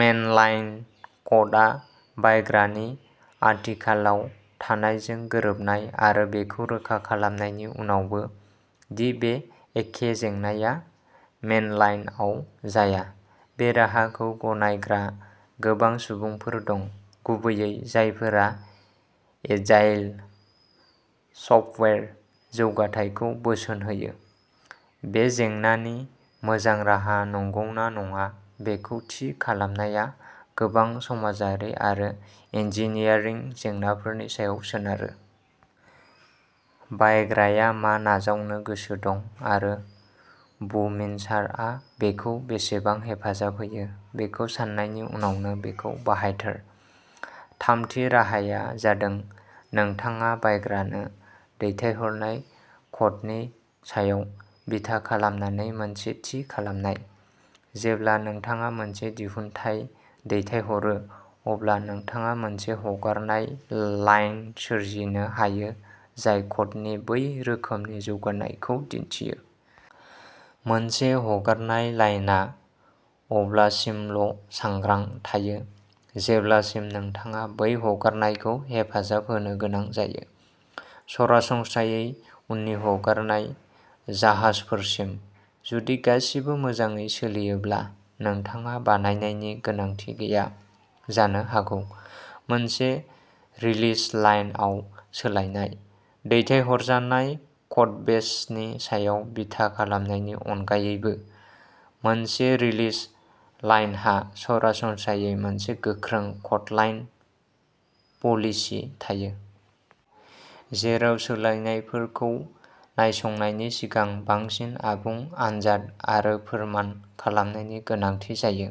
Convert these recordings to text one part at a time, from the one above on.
Mainline क'डआ बायग्रानि आथिखालाव थानायजों गोरोबनाय आरो बेखौ रोखा खालामनायनि उनावबो दि बे एखे जेंनाया मेनलाइनआव जाया। बे राहाखौ गनायग्रा गोबां सुबुंफोर दं। गुबैयै जायफोरा एजाइल सफ्टवेयार जौगाथायखौ बोसोन होयो। बे जेंनानि मोजां राहा नंगौना नङा बेखौ थि खालामनाया गोबां समाजारि आरो इन्जिनियारिं जेंनाफोरनि सायाव सोनारो। बायग्राया मा नाजावनो गोसो दं आरो बुमिनसारआ बेखौ बेसेबां हेफाजाब होयो बेखौ साननायनि उनावनो बेखौ बाहायथार। थामथि राहाया जादों नोंथाङा बायग्रानो दैथायहरनाय क'डनि सायाव बिथा खालामनानै मोनसे थि खालामनाय। जेब्ला नोंथाङा मोनसे दिहुनथाय दैथायहरो अब्ला नोंथाङा मोनसे हगारनाय लाइन सोरजिनो हायो जाय क'डनि बै रोखोमनि जौगानायखौ दिन्थियो। मोनसे हगारनाय लाइनआ अब्लासिमल'सांग्रां थायो जेब्लासिम नोंथाङा बै हगारनायखौ हेफाजाब होनो गोनां जायो। सरासनस्रायै उननि हगारनाय जाहाजफोरसिम। जुदि गासिबो मोजाङै सोलियोब्ला नोंथाङा बानायनायनि गोनांथि गैया जानो हागौ। मोनसे रिलिज लाइनआव सोलायनाय। दैथायहरजानाय कडबेसनि सायाव बिथा खालामनायनि अनगायैबो मोनसे रिलिज लाइनहा सरासनस्रायै मोनसे गोख्रों क'डलाइन पलिसि थायो। जेराव सोलायनायफोरखौ नायसंनायनि सिगां बांसिन आबुं आनजाद आरो फोरमान खालामनायनि गोनांथि जायो।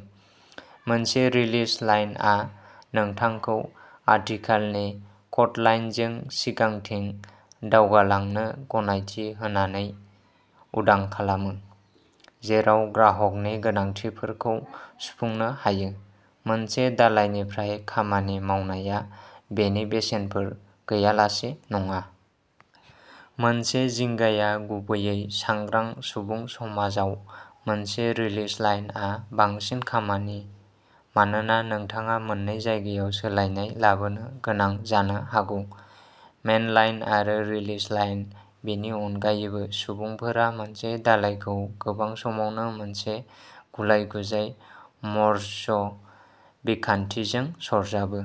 मोनसे रिलिज लाइनआ नोंथांखौ आथिखालनि क'डलाइनजों सिगांथिं दावगालांनो गनायथि होनानै उदां खालामो। जेराव ग्राहकनि गोनांथिफोरखौ सुफुंनो हायो। मोनसे दालायनिफ्राय खामानि मावनाया बेनि बेसेनफोर गैयालासे नङा। मोनसे जिंगाया गुबैयै सांग्रां सुबुं समाजाव मोनसे रिलिज लाइनआ बांसिन खामानि मानोना नोंथाङा मोननै जायगायाव सोलायनाय लाबोनो गोनां जानो हागौ। मेनलाइन आरो रिलिज लाइन। बेनि अनगायैबो, सुबुंफोरा मोनसे दालायखौ गोबां समावनो मोनसे गुलाय-गुजाय मर्ज बिखान्थिजों सरजाबो।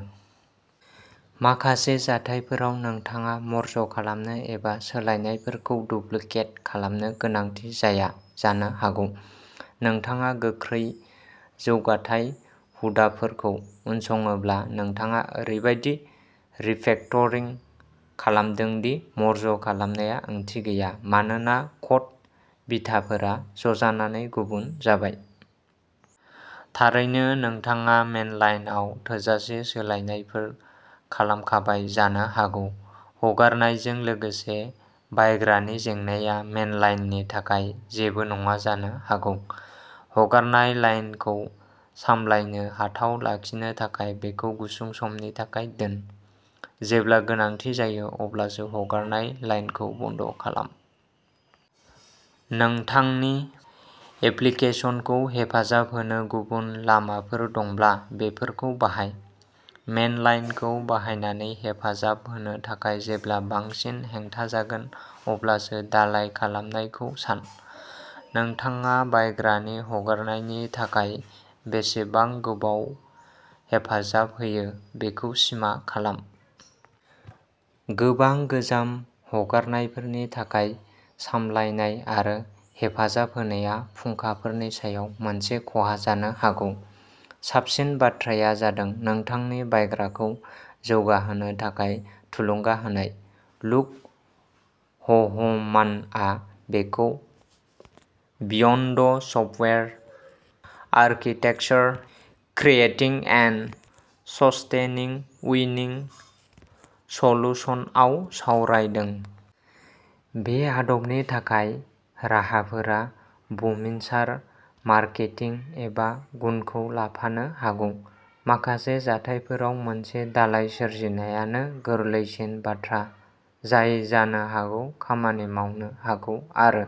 माखासे जाथायफोराव नोंथाङा मर्ज खालामनो एबा सोलायनायफोरखौ डुप्लिकेट खालामनो गोनांथि जाया जानो हागौ। नोंथाङा गोख्रै जौगाथाय हुदाफोरखौ उनसङोब्ला नोंथाङा ओरैबादि रिफेक्टरिं खालामदों दि मर्ज खालामनाया ओंथि गैया। मानोना क'ड बिथाफोरा ज'जानानै गुबुन जाबाय। थारैनो नोंथाङा मेनलाइनआव थोजासे सोलायनायफोर खालामखाबाय जानो हागौ। हगारनायजों लोगोसे बायग्रानि जेंनाया मेनलाइननि थाखाय जेबो नङा जानो हागौ। हगारनाय लाइनखौ सामलायनो हाथाव लाखिनो थाखाय बेखौ गुसुं समनि थाखाय दोन। जेब्ला गोनांथि जायो अब्लासो हगारनाय लाइनखौ बन्द खालाम। नोंथांनि एप्लिकेसनखौ हेफाजाब होनो गुबुन लामाफोर दंब्ला बेफोरखौ बाहाय। मेनलाइनखौ बाहायनानै हेफाजाब होनो थाखाय जेब्ला बांसिन हेंथा जागोन अब्लासो दालाइ खालामनायखौ सान। नोंथाङा बायग्रानि हगारनायनि थाखाय बेसेबां गोबाव हेफाजाब होयो बेखौ सिमा खालाम। गोबां गोजाम हगारनायफोरनि थाखाय सामलायनाय आरो हेफाजाब होनाया फुंखाफोरनि सायाव मोनसे खहा जानो हागौ। साबसिन बाथ्राया जादों नोंथांनि बायग्राखौ जौगा होनो थाखाय थुलुंगा होनाय। लुक ह'हमानआ बेखौ beyond software architecture creating and sustaining winning सलुशनसआव सावरायदों। बे आदबनि थाखाय राहाफोरा बुमिनसार मारकेटिं एबा गुनखौ लाफानो हागौ। माखासे जाथायफोराव मोनसे दालाय सोरजिनायानो गोरलैसिन बाथ्रा जाय जानो हागौ खामानि मावनो हागौ आरो